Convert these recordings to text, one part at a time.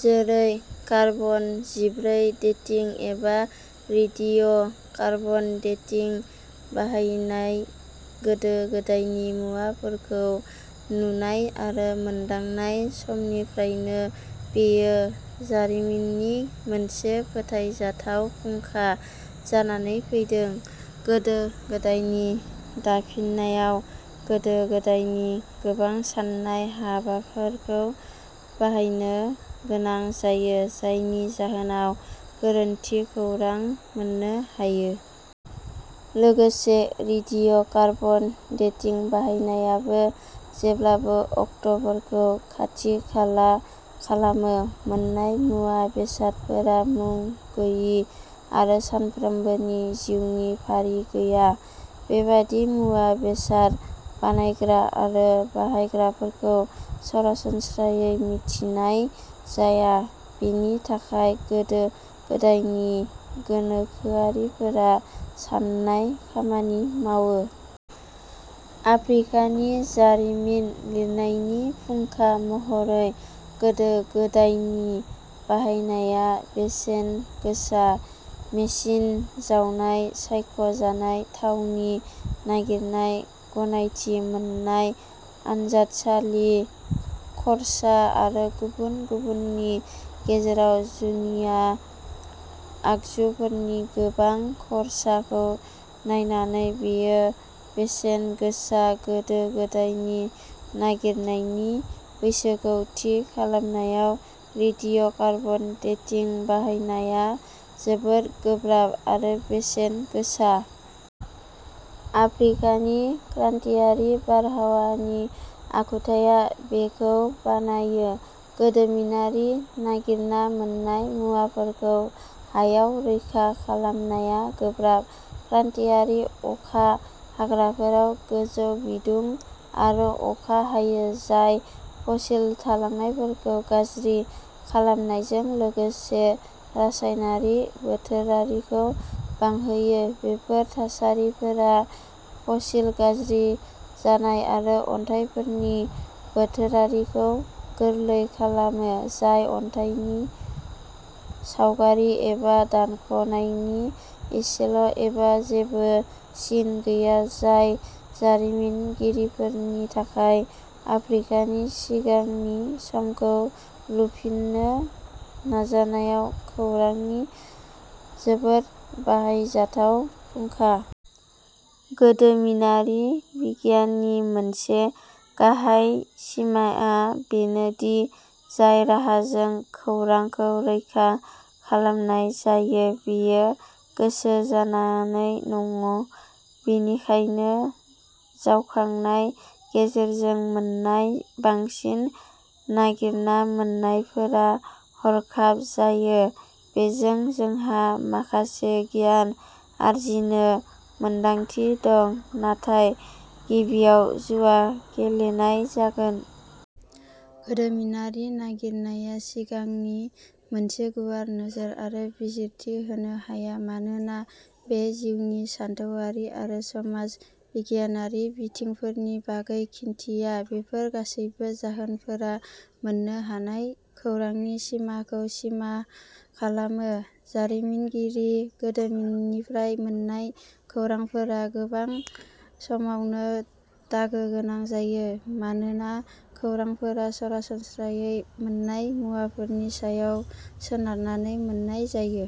जेरै कार्बन जिब्रै डेटिं एबा रेडिय' कार्बन डेटिं बाहायनाय। गोदो-गोदायनि मुवाफोरखौ नुनाय आरो मोनदांनाय समनिफ्रायनो बेयो जारिमिननि मोनसे फोथायजाथाव फुंखा जानानै फैदों। गोदो गोदायनि दाफिननायाव गोदो गोदायनि गोबां सान्नाय हाबाफोरखौ बाहायनो गोनां जायो जायनि जाहोनाव गोरोन्थि खौरां मोननो हायो। लोगोसे रेडिय' कार्बन डेटिं बाहायनायाबो जेब्लाबो अक्ट'फोरखौ खाथि खाला खालामो। मोन्नाय मुवा बेसादफोरा मुं गोयि आरो सानफ्रोमबोनि जिउनि फारि गैया। बेबादि मुवा बेसाद बानायग्रा आरो बाहायग्राफोरखौ सरासनस्रायै मिथिनाय जाया। बेनि थाखाय गोदो गोदायनि गोनोखोआरिफोरा सान्नाय खामानि मावो। आफ्रिकानि जारिमिन लिरनायनि फुंखा महरै गोदो गोदायनि बाहायनाया बेसेन गोसा। मेसिन जावनाय सायख'जानाय थावनि नागिरनाय गनायथि मोन्नाय आनजादसालि खर्सा आरो गुबुन गुबुननि गेजेराव जुनिया आगजुफोरनि गोबां खर्साखौ नायनानै बेयो बेसेन गोसा। गोदो गोदायनि नागिरनायनि बैसोखौ थि खालामनायाव रेडिय'कार्बन डेटिं बाहायनाया जोबोद गोब्राब आरो बेसेन गोसा। आफ्रिकानि क्रान्तियारि बारहावानि आखुथाया बेखौ बानायो। गोदोमिनारि नागिरना मोन्नाय मुवाफोरखौ हायाव रैखा खालामनाया गोब्राब। क्रान्तियारि अखा हाग्राफोराव गोजौ बिदुं आरो अखा हायो जाय फसिल थालांनायफोरखौ गाज्रि खालामनायजों लोगोसे रासायनारि बोथोरारिखौ बांहोयो। बेफोर थासारिफोरा फसिल गाज्रि जानाय आरो अन्थाइफोरनि बोथोरारिखौ गोरलै खालामो जाय अन्थाइनि सावगारि एबा दानख'नायनि एसेल एबा जेबो सिन गैया जाय जारिमिनगिरिफोरनि थाखाय आफ्रिकानि सिगांनि समखौ लुफिननो नाजानायाव खौरांनि जोबोद बाहायजाथाव फुंखा। गोदोमिनारि बिगियाननि मोनसे गाहाय सिमाआ बेनो दि जाय राहाजों खौरांखौ रैखा खालामनाय जायो बेयो गोसो जानानै नङ बेनिखायनो जावखांनाय गेजेरजों मोन्नाय बांसिन नागिरना मोन्नायफोरा हरखाब जायो। बेजों जोंहा माखासे गियान आरजिनो मोनदांथि दं नाथाय गिबियाव'जुवा गेलेनाय जागोन। गोदोमिनारि नागिरनाया सिगांनि मोनसे गुवार नोजोर आरो बिजिरथि होनो हाया मानोना बेयो जिउनि सानथौआरि आरो समाज बिगियानारि बिथिंफोरनि बागै खिन्थिया। बेफोर गासैबो जाहोनफोरा मोननो हानाय खौरांनि सिमाखौ सिमा खालामो। जारिमिनगिरि। गोदोमिननिफ्राय मोन्नाय खौरांफोरा गोबां समावनो दागो गोनां जायो मानोना खौरांफोरा सरासनस्रायै मोन्नाय मुवाफोरनि सायाव सोनारनानै मोन्नाय जायो।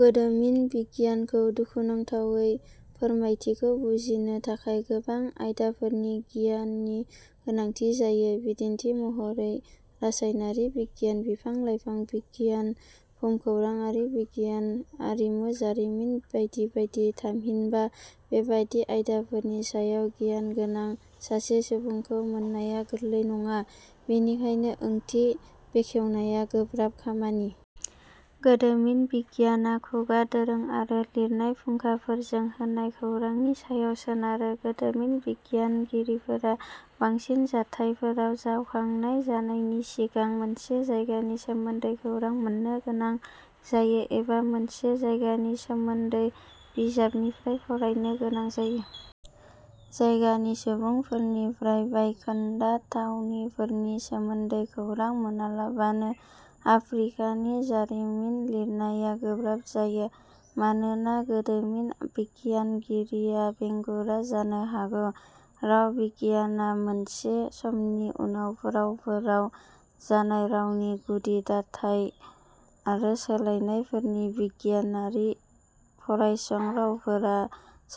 गोदोमिन बिगियानखौ दुखुनांथावै फोरमायथिखौ बुजिनो थाखाय गोबां आयदाफोरनि गियाननि गोनांथि जायो। बिदिन्थि महरै रासायनारि बिगियान बिफां लाइफां बिगियान भुमखौराङारि बिगियान आरिमु जारिमिन बायदि बायदि। थामहिनबा बेबादि आयदाफोरनि सायाव गियान गोनां सासे सुबुंखौ मोननाया गोरलै नङा बेनिखायनो ओंथि बेखेवनाया गोब्राब खामानि। गोदोमिन बिगियानआ खुगा दोरों आरो लिरनाय फुंखाफोरजों होनाय खौरांनि सायाव सोनारो। गोदोमिन बिगियानगिरिफोरा बांसिन जाथायफोराव जावखांनाय जानायनि सिगां मोनसे जायगानि सोमोन्दै खौरां मोन्नो गोनां जायो एबा मोनसे जायगानि सोमोन्दै बिजाबनिफ्राय फरायनो गोनां जायो। जायगानि सुबुंफोरनिफ्राय बायखोन्दा थावनिफोरनि सोमोन्दै खौरां मोनालाबानो आफ्रिकानि जारिमिन लिरनाया गोब्राब जायो मानोना गोदोमिन बिगियानगिरिया बेंगुरा जानो हागौ। राव बिगियानआ मोनसे समनि उनाव रावफोराव जानाय रावनि गुदि दाथाय आरो सोलायनायफोरनि बिगियानारि फरायसं। रावफोरा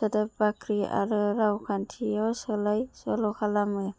सोदोब बाख्रि आरो रावखान्थियाव सोलाय सोल'खालामो।